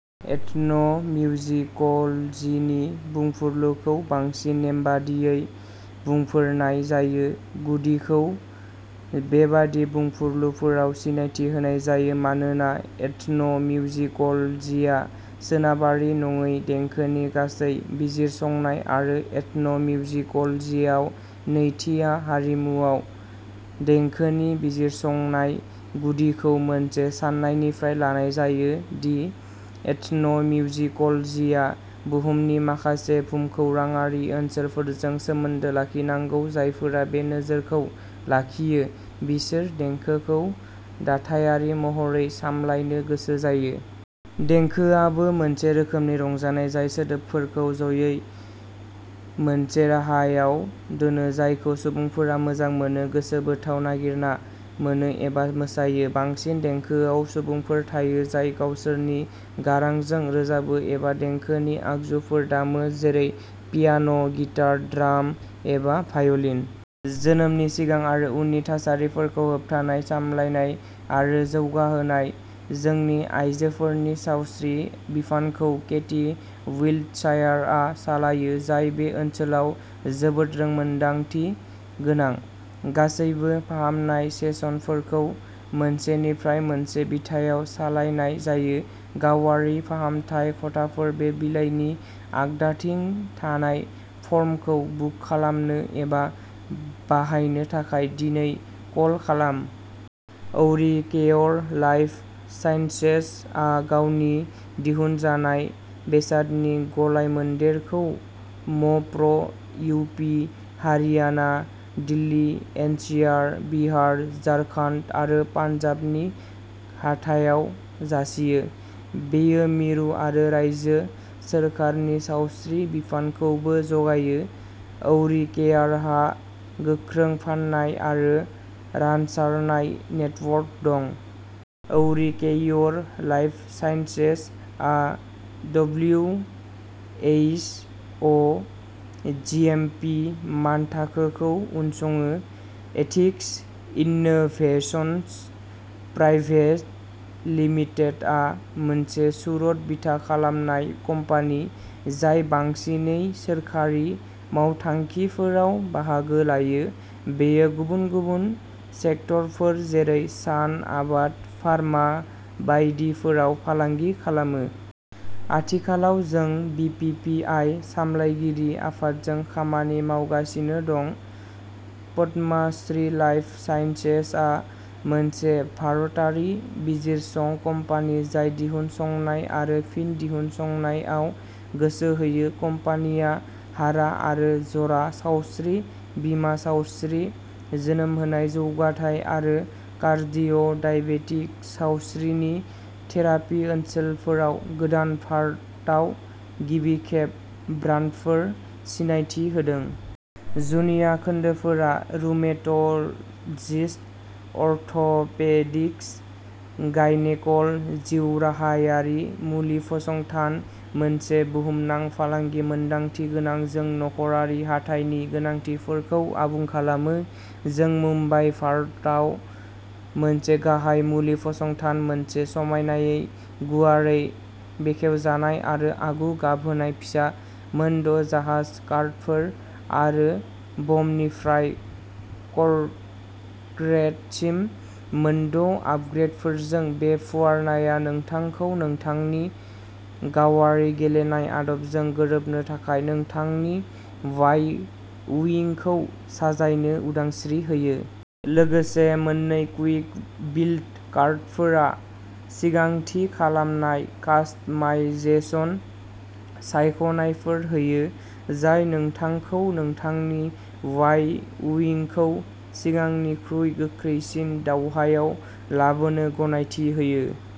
Ethan' मिउजिक'लजिनि बुंफुरलुखौ बांसिन नेमबादियै बुंफोरनाय जायो, गुदिखौ बेबादि बुंफुरलुफोराव सिनायथि होनाय जायो मानोना एथन' मिउजिक'लजिया सोनाबारि नङै देंखोनि गासै बिजिरसंनाय, आरो एथन'मिउजिक'लजियाव नैथिआ हारिमुआव देंखोनि बिजिरसंनाय। गुदिखौ मोनसे सान्नायनिफ्राय लानाय जायो दि एथन'मिउजिक'लजिया बुहुमनि माखासे भुमखौराङारि ओनसोलफोरजों सोमोन्दो लाखिनांगौ जायफोरा बे नोजोरखौ लाखियो बिसोर देंखोखौ दाथायारि महरै सामलायनो गोसो जायो। देंखोआबो मोनसे रोखोमनि रंजानाय जाय सोदोबफोरखौ ज'यै मोनसे राहायाव दोनो जायखौ सुबुंफोरा मोजां मोनो, गोसो बोथाव नागिरना मोनो एबा मोसायो। बांसिन देंखोआव सुबुंफोर थायो जाय गावसोरनि गारांजों रोजाबो एबा देंखोनि आगजुफोर दामो, जेरै पियान', गिटार, ड्राम एबा भाय'लिन। जोनोमनि सिगां आरो उननि थासारिफोरखौ होबथानाय, सामलायनाय आरो जौगाहोनाय। जोंनि आयजोफोरनि सावस्रि बिफानखौ केटी विल्टशायारआ सालायो, जाय बे ओनसोलाव जोबोद रोंमोनदांथि गोनां। गासैबो फाहामनाय सेसनफोरखौ मोनसेनिफ्राय मोनसे बिथायाव सालायनाय जायो। गावारि फाहामथाय खथाफोर बे बिलाइनि आगदाथिं थानाय फर्मखौ बुक खालामनो एबा बाहायनो थाखाय दिनै कल खालाम। औरिकेयर लाइफ साइन्सेसआ गावनि दिहुनजानाय बेसादनि गलायमोन्देरखौ म प्र, U P, Haryana, Delhi N C R, Bihar, Jharkhand आरो पान्जाबनि हाथायाव जासियो। बेयो मिरु आरो रायजो सोरखारनि सावस्रि बिफानखौबो जगायो। औरिकेयारहा गोख्रों फान्नाय आरो रानसारनाय नेटवर्क दं। औरिकेयर लाइफ साइन्सेसआ डब्लिउ एइस अ जिएमपि मानथाखोखौ उनसङो। एथिक्स इन्नोभेशनस प्राइभेट लिमिटेडआ मोनसे सुरत बिथा खालामनाय कम्पानि, जाय बांसिनै सोरखारि मावथांखिफोराव बाहागो लायो। बेयो गुबुन गुबुन सेक्टरफोर जेरै सान, आबाद, फार्मा बायदिफोराव फालांगि खालामो। आथिखालाव जों बिपिपिआइ सामलायगिरि आफादजों खामानि मावगासिनो दं। पद्मश्री लाइफ साइन्सेसआ मोनसे भारतारि बिजिरसं कम्पानि जाय दिहुनसंनाय आरो फिन दिहुनसंनाय आव गोसो होयो। कम्पानिया हारा आरो जरा सावस्रि, बिमा सावस्रि, जोनोम होनाय जौगाथाय आरो कार्डिय' डायबेटिक सावस्रिनि थेरापि ओनसोलफोराव गोदान, भारताव गिबि खेब ब्रान्डफोर सिनायथि होदों। जुनिया खोन्दोफोरा रुमेट'लजिस्ट, अर्थ'पेडिक्स, गायनेक'ल जिउराहायारि मुलि फसंथान, मोनसे बुहुमनां फालांगि मोनदांथि गोनां। जों नखरारि हाथाइनि गोनांथिफोरखौ आबुं खालामो। जों मुम्बाइ, भारतआव मोनसे गाहाय मुलि फसंथान। मोनसे समायनायै गुवारै बेखेवजानाय आरो आगु गाब होनाय फिसा, मोनद' जाहाज कार्डफोर, आरो बमनिफ्राय कर्रेटसिम मोनद'आपग्रेदफोरजों, बे फुवारनाया नोंथांखौ नोंथांनि गावारि गेलेनाय आदबजों गोरोबनो थाखाय नोंथांनि वाइ उइंखौ साजायनो उदांस्रि होयो। लोगोसे, मोन्नै कुइक बिल्ड कार्डफोरा सिगां थि खालामनाय कास्टमाइजेशन सायख'नायफोर होयो, जाय नोंथांखौ नोंथांनि वाइ-उइंखौ सिगांनिख्रुइ गोख्रैसिन दावहायाव लाबोनो गनायथि होयो।